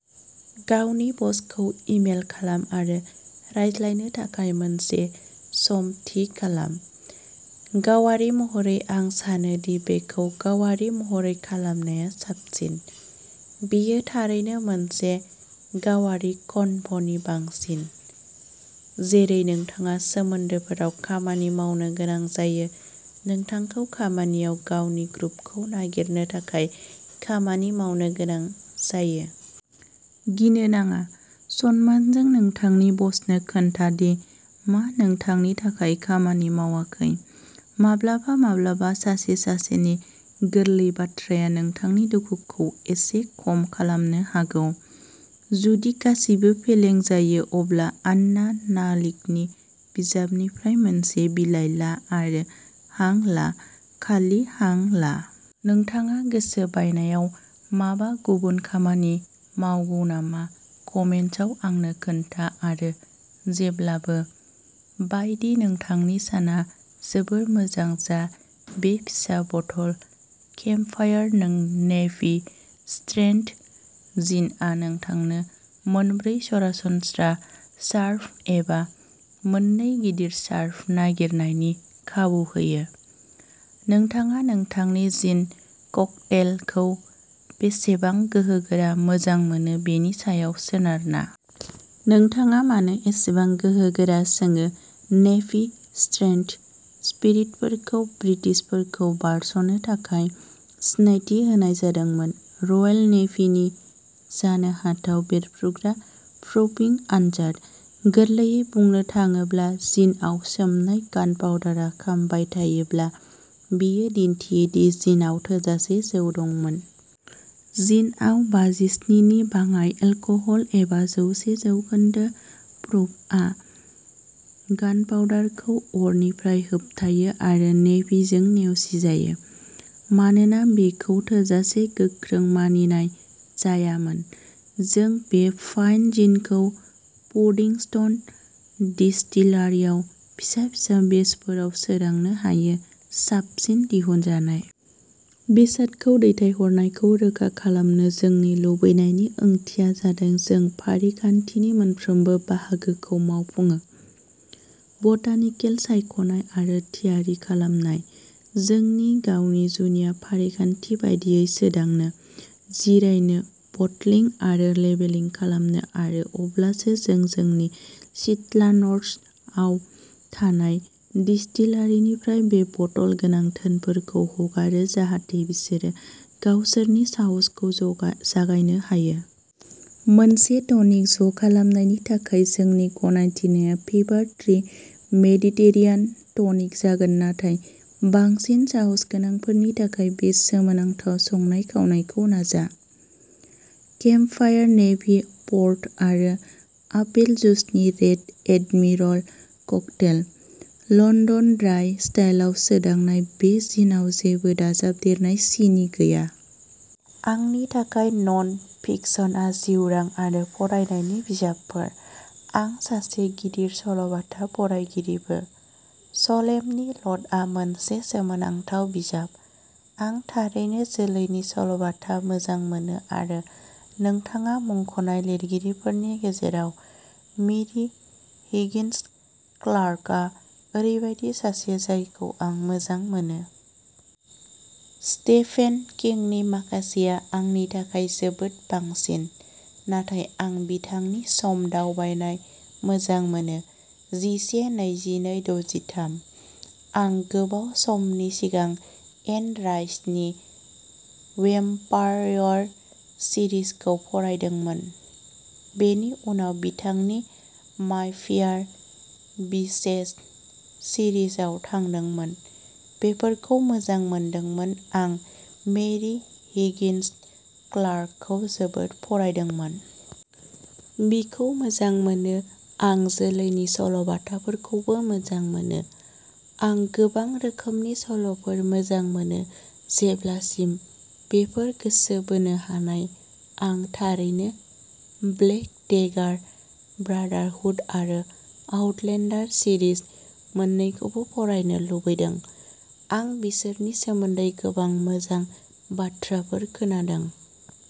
गावनि बसखौ इमेल खालाम आरो रायज्लायनो थाखाय मोनसे सम थि खालाम। गावारि महरै, आं सानो दि बेखौ गावारि महरै खालामनाया साबसिन; बेयो थारैनो मोनसे गावारि कन्भ'नि बांसिन। जेरै नोंथाङा सोमोन्दोफोराव खामानि मावनो गोनां जायो, नोंथांखौ खामानियाव गावनि ग्रुभखौ नागिरनो थाखाय खामानि मावनो गोनां जायो। गिनो नाङा, सनमानजों, नोंथांनि बसनो खोन्था दि मा नोंथांनि थाखाय खामानि मावाखै। माब्लाबा माब्लाबा सासे-सासेनि गोरलै बाथ्राया नोंथांनि दुखुखौ एसे खम खालामनो हागौ। जुदि गासिबो फेलें जायो, अब्ला आन्ना नालिकनि बिजाबनिफ्राय मोनसे बिलाइ ला आरो हां ला, खालि हां ला। नोंथाङा गोसो बायनायाव माबा गुबुन खामानि मावगौ नामा कमेन्ट्सआव आंनो खोन्था आरो जेब्लाबो बायदि नोंथांनि साना जोबोद मोजां जा बे फिसा बथल केम्पफायर नेभि स्ट्रेंथ जिनआ नोंथांनो मोनब्रै सरासनस्रा सार्भ एबा मोननै गिदिर सार्भ नागिरनायनि खाबु होयो, नोंथाङा नोंथांनि जिन ककटेलखौ बेसेबां गोहोगोरा मोजां मोनो बेनि सायाव सोनारना। नोंथाङा मानो एसेबां गोहोगोरा सोङो नेभि स्ट्रेंथ स्पिरिटफोरखौ ब्रिटिशफोरखौ बारस'नो थाखाय सिनायथि होनाय जादोंमोन। रयेल नेभिनि जानो हाथाव बेरफ्रुग्रा प्रुफिं आनजाद। गोरलैयै बुंनो थाङोब्ला, जिनआव सोमनाय गानपाउडारआ खामबाय थायोब्ला बेयो दिन्थियो दि जिनआव थोजासे जौ दंमोन। जिनआव बाजिस्नि नि बाङाइ एलकहल एबा जौसे जौखोन्दो प्रुफआ गानपाउडारखौ अरनिफ्राय होबथायो आरो नेभिजों नेवसिजायो मानोना बेखौ थोजासे गोख्रों मानिनाय जायामोन। जों बे फाइन जिनखौ पुडिंस्टन डिस्टिलारिआव फिसा-फिसा बेचफोराव सोदांनो हायो। साबसिन दिहुनजानाय बेसादखौ दैथायहरनायखौ रोखा खालामनो जोंनि लुबैनायनि ओंथिया जादों जों फारिखान्थिनि मोनफ्रोमबो बाहागोखौ मावफुङो, बटानिकेल सायख'नाय आरो थियारि खालामनाय, जोंनि गावनि जुनिया फारिखान्थि बायदियै सोदांनो, जिरायनो बटलिं आरो लेबेलिं खालामनो आरो अब्लासो जों जोंनि चिल्टार्न्सआव थानाय डिस्टिलारिनिफ्राय बे बटल गोनां धोनफोरखौ हगारो जाहाथे बिसोरो गावसोरनि साहसखौ जागायनो हायो। मोनसे टनिक ज' खालामनायनि थाखाय जोंनि गनायथिनायआ फिभार-ट्री मेडिटेरेनियान टनिक जागोन नाथाय बांसिन साहसगोनांफोरनि थाखाय बे सोमोनांथाव संनाय-खावनायखौ नाजा। केम्पफायर नेभी, पर्ट आरो आपेल जुसनि-रेड एडमिरल ककटेल। लन्दन ड्राइ स्टाइलआव सोदांनाय बे जिनआव जेबो दाजाबदेरनाय सिनि गैया। आंनि थाखाय, नन-फिकशनआ जिउरां आरो फरायनायनि बिजाबफोर आं सासे गिदिर सल'बाथा फरायगिरिबो। सलेमनि ल'टआ मोनसे सोमोनांथाव बिजाब। आं थारैनो जोलैनि सल'बाथा मोजां मोनो आरो नोंथाङा मुंख'नाय लिरगिरिफोरनि गेजेराव, मेरि हिगिन्स क्लार्कआ ओरैबायदि सासे जायखौ आं मोजां मोनो। स्टेफेन किंनि माखासेआ आंनि थाखाय जोबोद बांसिन, नाथाय आं बिथांनि सम-दावबायनाय मोजां मोनो जिसे-नैजिनै-दजिथाम । आं गोबाव समनि सिगां एन राइसनि वेम्पायर सिरिजखौ फरायदोंमोन, बेनि उनाव बिथांनि मायफेयार विचेस सिरिजआव थांदोंमोन बेफोरखौ मोजां मोनदोंमोन आं मेरि हिगिन्स क्लार्कखौ जोबोद फरायदोंमोन! बिखौ मोजां मोनो आं जोलैनि सल'बाथाफोरखौबो मोजां मोनो आं गोबां रोखोमनि सल'फोर मोजां मोनो, जेब्लासिम बेफोर गोसो बोनो हानाय आं थारैनो ब्लेक डेगार ब्रादारहुड आरो आउटलेन्डार सिरिज मोन्नैखौबो फरायनो लुबैदों। आं बिसोरनि सोमोन्दै गोबां मोजां बाथ्राफोर खोनादों।